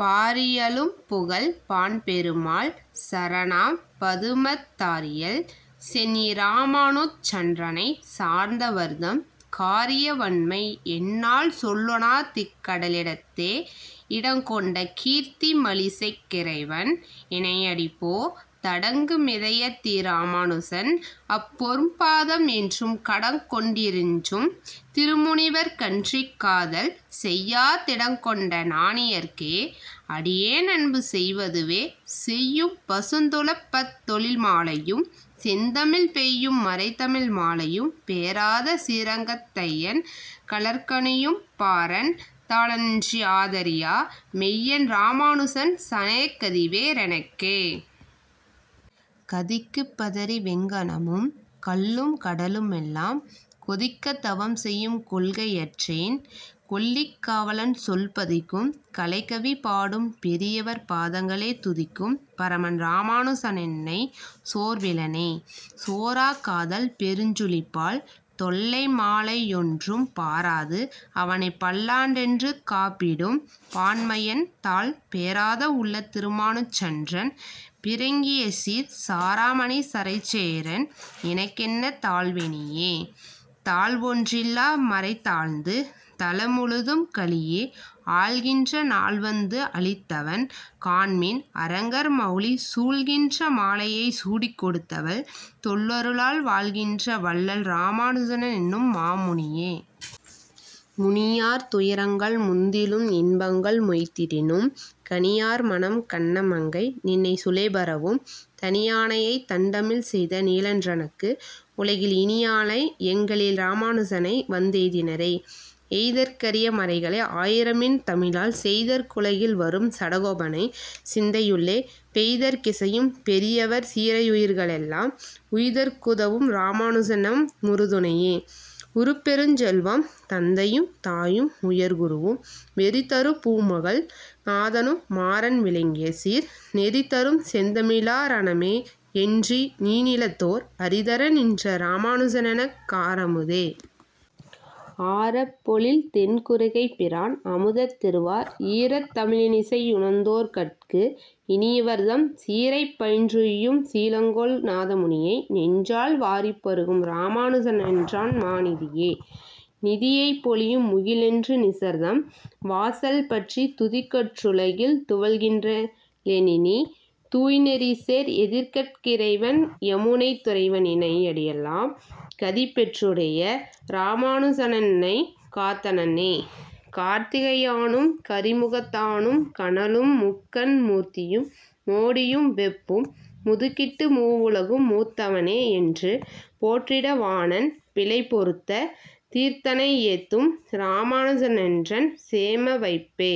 பாரியலும்புகழ்ப் பாண்பெருமாள் சரணாம்பதுமத் தாரியல் சென்னி யிராமாநுசன்றன்னைச் சார்ந்தவர்தம் காரியவண்மை என்னால் சொல்லொணாதிக்கடலிடத்தே.. இடங்கொண்ட கீர்த்தி மழிசைக்கிறைவன் இணையடிப்போ தடங்குமிதயத் திராமாநுசன் அம்பொற்பாதமென்றும் கடங்கொண்டிறைஞ்சும் திருமுனிவர்க்கன்றிக்காதல் செய்யாத் திடங்கொண்டஞானியர்க்கே அடியேனன்பு செய்வதுவே.. செய்யும் பசுந்துளபத்தொழில்மாலையும் செந்தமிழில் பெய்யும் மறைத்தமிழ் மாலையும் பேராதசீரங்கத் தையன் கழற்கணியும் பாரன் தாளன்றி ஆதரியா மெய்யன் இராமாநுசன்சாணேகதி வேறெனக்கே.. கதிக்குப்பதறி வெங்கானமும் கல்லும் கடலுமெல்லாம் கொதிக்கத் தவம் செய்யும் கொள்கையற்றேன் கொல்லிகாவலன் சொல் பதிக்கும் கலைக்கவிபாடும் பெரியவர்பாதங்களே துதிக்கும் பரமன் இராமாநுசனென்னைச் சோர்விலனே.. சோராதகாதல் பெருஞ்சுழிப்பால் தொல்லைமாலையொன்றும் பாராது அவனைப்பல்லாண்டென்று காப்பிடும் பான்மையன் தாள் பேராதவுள்ளத் திராமாநுசன்றன் பிறங்கியசீர் சாராமனிசரைச்சேரேன் எனக்கென்ன தாழ்வினியே.. தாழ்வொன்றில்லாமறைதாழ்ந்து தலமுழுதும்கலியே ஆள்கின்ற நாள் வந்து அளித்தவன் காண்மின் அரங்கர்மௌலி சூழ்கின்றமாலையைச் சூடிக்கொடுத்தவள் தொல்லருளால் வாழ்கின்றவள்ளல் இராமா னுசனென்னும் மாமுனியே.. முனியார் துயரங்கள் முந்திலும் இன்பங்கள் மொய்த்திடினும் கனியார்மனம் கண்ணமங்கைநின்னை சுலேபரவும் தனியானையைத்தண்டமிழ் செய்த நீலன் றனக்கு உலகில் இனியானை எங்களிராமாநுசனை வந்தெய்தினரே.. எய்தற்கரிய மறைகளை ஆயிரமின் தமிழால் செய்தற்குலகில் வரும் சடகோபனை சிந்தையுள்ளே பெய்தற்கிசையும் பெரியவர்சீரையுயிர்களெல்லாம் உய்தற்குதவும் இராமாநுசனெம்முறு துணையே.. உறுபெருஞ்செல்வமும் தந்தையும் தாயும் உயர்குருவும் வெறிதருபூமகள் நாதனும் மாறன் விளங்கியசீர் நெறிதரும் செந்தமி ழாரணமேயென்றிந்நீணிலத்தோர் அறிதரநின்ற இராமாநுசனெனக்காரமுதே.. ஆரப்பொழில் தென்குருகைப்பிரான் அமுதத்திருவா யீரத்தமிழி னிசையுணர்ந்தோர்கட்கு இனியவர்தம் சீரைப்பயின்றுய்யும் சீலங்கொள் நாதமுனியை நெஞ்சால் வாரிப்பருகும் இராமாநுசனென்றன் மாநிதியே.. நிதியைப் பொழியும் முகிலென்று நீசர்தம் வாசல்பற்றித் துதிகற்றுலகில் துவள்கின்றிலேனினி தூய்நெறிசேர் எதிகட்கிறைவன் யமுனைத்துறைவனிணையடியாம் கதிபெற்றுடைய இராமா னுசனென்னைக்காத்தனனே.. கார்த்திகையானும் கரிமுகத்தானும் கனலும் முக்கண் மூர்த்தியும் மோடியும் வெப்பும் முதுகிட்டு மூவுலகும் பூத்தவனேயென்று போற்றிட வாணன் பிழை பொறுத்த தீர்த்தனை யேத்தும் இராமாநுசனென்றன் சேமவைப்பே..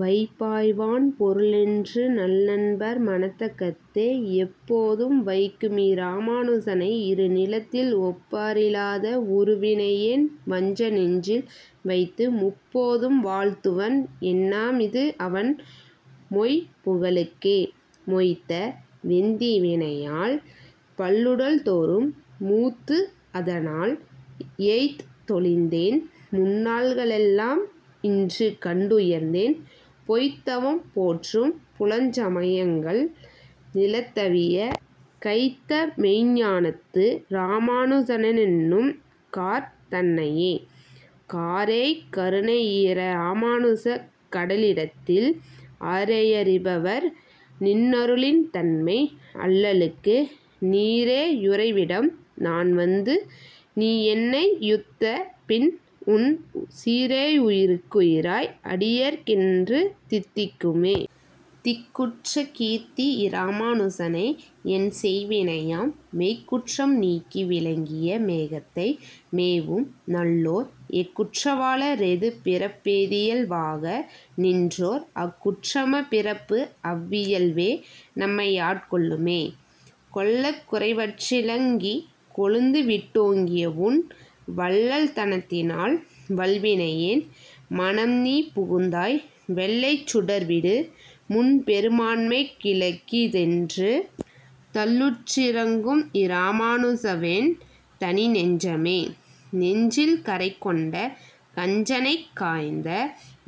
வைப்பாய்வான் பொருளென்று நல்லன்பர் மனத்தகத்தே எப்போதும் வைக்கு மிராமாநுசனை இருநிலத்தில் ஒப்பாரிலாத வுறுவினையேன்வஞ்சநெஞ்சில்வைத்து முப்போதும் வாழ்த்துவன் என்னாமிது அவன் மொய்புகழ்க்கே.. மொய்த்த வெந்தீவினையால் பல்லுடல்தொறும் மூத்து அதனால் எய்த்தொழிந்தேன் முன்நாள்களெல்லாம் இன்று கண்டுயர்ந்தேன் பொய்த்தவம் போற்றும் புலைச்சமயங்கள் நிலத்தவியக் கைத்தமெய்ஞ்ஞானத்து இராமாநுசனென்னும் கார்தன்னையே.. காரேய் கருணையிராமாநுச இக்கடலிடத்தில் ஆரேயறிபவர் நின்னருளின் தன்மை அல்லலுக்கு நேரேயுறைவிடம் நான் வந்து நீயென்னையுய்த்த பின் உன் சீரேயுயிர்க்குயிராய் அடியேற்கின்று தித்திக்குமே.. திக்குற்றகீர்த்தி யிராமாநுசனை என் செய்வினையாம் மெய்க்குற்றம் நீக்கி விளங்கிய மேகத்தை மேவும் நல்லோர் எக்குற்றவாள ரெது பிறப்பேதியல்வாகநின்றோர் அக்குற்றமப்பிறப்பு அவ்வியல் வேநம்மையாட்கொள்ளுமே.. கொள்ளக்குறைவற்றிலங்கிகொழுந்துவிட் டோங்கியவுன் வள்ளல் தனத்தினால் வல்வினையேன் மனம் நீ புகுந்தாய் வெள்ளைச்சுடர்விடு முன்பெருமேன்மைக்கிழுக்கிதென்று தள்ளுற்றிரங்கும் இராமாநுசவென் தனிநெஞ்சமே.. நெஞ்சில்கறை கொண்ட கஞ்சனைக்காய்ந்த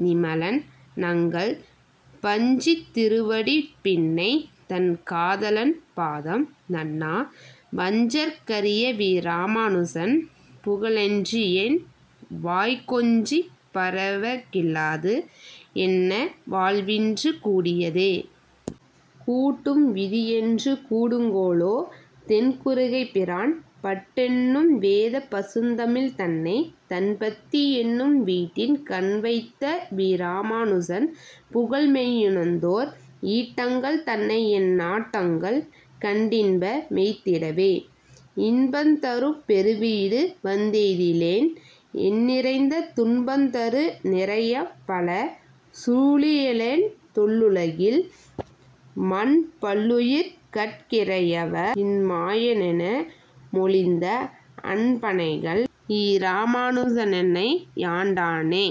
நிமலன் நங்கள் பஞ்சித்திருவடிப் பின்னை தன் காதலன் பாதம் நண்ணா வஞ்சர்க்கரியவிராமா னுசன் புகழன்றியென்வாய் கொஞ்சிப்பரவகில்லாது என்ன வாழ்வின்று கூடியதே.. கூட்டும் விதியென்று கூடுங்கொலோ தென்குருகைப்பிரான் பாட்டென்னும் வேதப்பசுந்தமிழ் தன்னை தன்பத்தியென்னும் வீட்டின் கண்வைத்தவிராமா னுசன் புகழ்மெய்யுணர்ந்தோர் ஈட்டங்கள் தன்னை என் நாட்டங்கள் கண்டின்பமெய்திடவே.. இன்பந்தருபெருவீடுவந்தெய்திலென் எண்ணிறந்த துன்பந்தரு நிரயம்பல சூழிலென் தொல்லுலகில் மன்பல்லுயிர்கட்கிறையவன்மாயனெனமொழிந்த அன்பனனகன் இராமாநுசனென்னையாண்டனனே..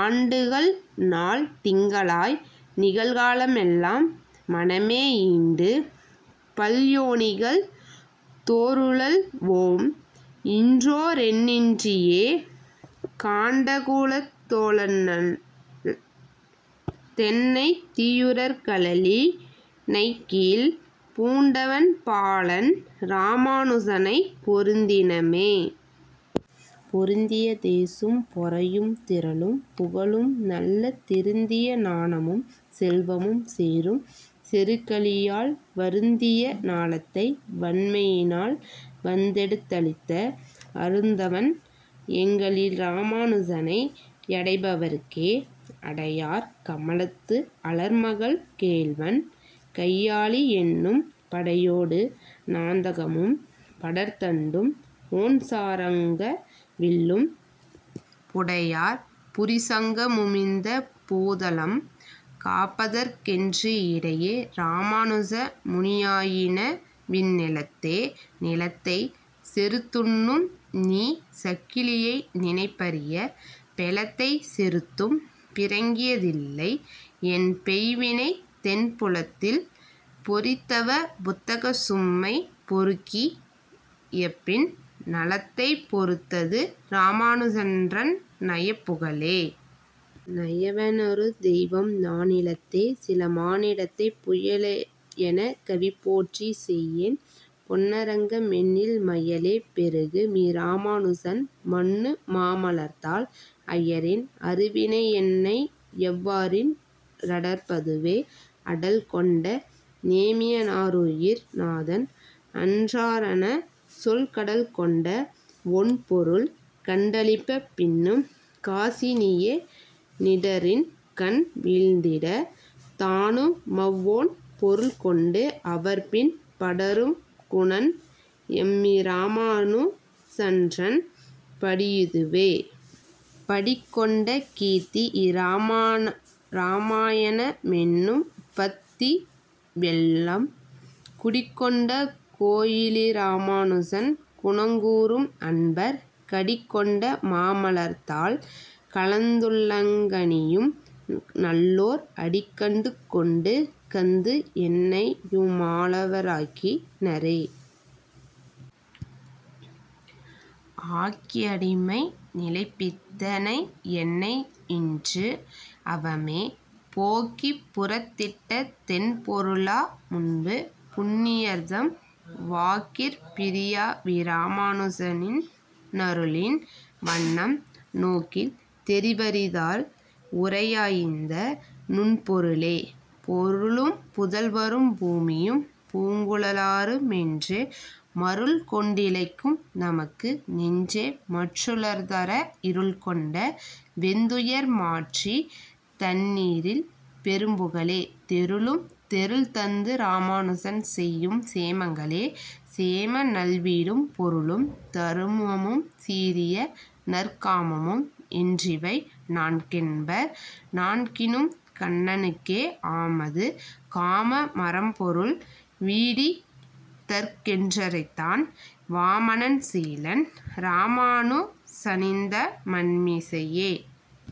ஆண்டுகள் நாள் திங்களாய் நிகழ்காலமெல்லாம் மனமே ஈண்டு பல்யோனிகள் தோறுழல்வோம் இன்றோரெண்ணின்றியே காண்டகுதோளண்ணல் தென்னத்தியூரர்கழலிணைக்கீழ்ப் பூண்டவன்பாளன் இராமாநுசனைப் பொருந்தினமே.. பொருந்திய தேசும் பொறையும் திறலும் புகழும் நல்ல திருந்தியஞானமும் செல்வமும் சேரும் செறுகலியால் வருந்தியஞாலத்தை வண்மையினால் வந்தெடுத்தளித்த அருந்தவன் எங்களிராமாநுசனையடைபவர்க்கே.. அடையார் கமலத்து அலர்மகள் கேள்வன் கையாழியென்னும் படையோடு நாந்தகமும்படர்தண்டும் ஒண்சார்ங்கவில்லும் புடையார் புரிசங்கமுமிந்தப்பூதலம் காப்பதற்கென்று இடையே இராமாநுசமுனியாயினவிந்நிலத்தே.. நிலத்தைச் செறுத்துண்ணும் நீ சக்கலியை நினைப்பரிய பெலத்தைச் செறுத்தும் பிறங்கியதில்லை என்பெய்வினை தென் புலத்தில் பொறித்தவப் புத்தகச்சும்மைபொறுக்கியபின் நலத்தைப் பொறுத்தது இராமாநுசன்றன் நயப்புகழே.. நயவேனொரு தெய்வம் நானிலத்தே சிலமானிடத்தைப் புயலேயெனக் கவிபோற்றி செய்யேன் பொன்னரங்கமென்னில் மயலே பெருகு மிராமாநுசன்மன்னுமாமலர்த்தாள் அயரேன் அருவினையென்னையெவ்வாறின்றடர்ப்பதுவே.. அடல் கொண்டநேமிய னாருயிர் நாதன் அன்றாரணச்சொல் கடல் கொண்டவொண்பொருள் கண்டளிப்ப பின்னும் காசினியே ரிடரின்கண் வீழ்ந்திடத் தானுமவ்வொண்பொருள் கொண்டு அவர்பின் படரும்குணன் எம்மிராமாநுசன்றன் படியிதுவே.. படி கொண்ட கீர்த்தி யிராமாயணமென்னும்பத்திவெள்ளம் குடிகொண்ட கோயிலிராமாநுசன் குணங்கூறும் அன்பர் கடிகொண்டமாமலர்த்தாள்கலந்துள்ளங்கனியும் நல்லோர் அடிகண்டுகொண்டு கந்து என்னையுமாளவர்க்காக்கினரே.. ஆக்கியடிமைநிலைப்பித்தனையென்னையின்று அவமே போக்கிப்புறத்திட்டதென்பொருளாமுன்பு புண்ணியர்தம் வாக்கிற்பிரியாவிராமாநுசநின் னருளின் வண்ணம் நோக்கில் தெரிவரிதால் உரையாயிந்த நுண்பொருளே.. பொருளும்புதல் வரும் பூமியும் பூங்குழலாருமென்றே மருள் கொண்டிளைக்கும் நமக்கு நெஞ்சே மற்றுளார்தர இருள்கொண்ட வெந்துயர்மாற்றித்தன்னீறில் பெரும்புகழே தெருளும் தெருள் தந்து இராமாநுசன் செய்யும் சேமங்களே.. சேமநல்வீடும் பொருளும் தருமமும் சீரிய நற் காமமும் என்றிவை நான் கென்பர் நான்கினும் கண்ணனுக்கே ஆமது காம மறம்பொருள் வீடிதற்கென்றுரைத்தான் வாமனன் சீலன் இராமாநுசனிந்தமண்மிசையே.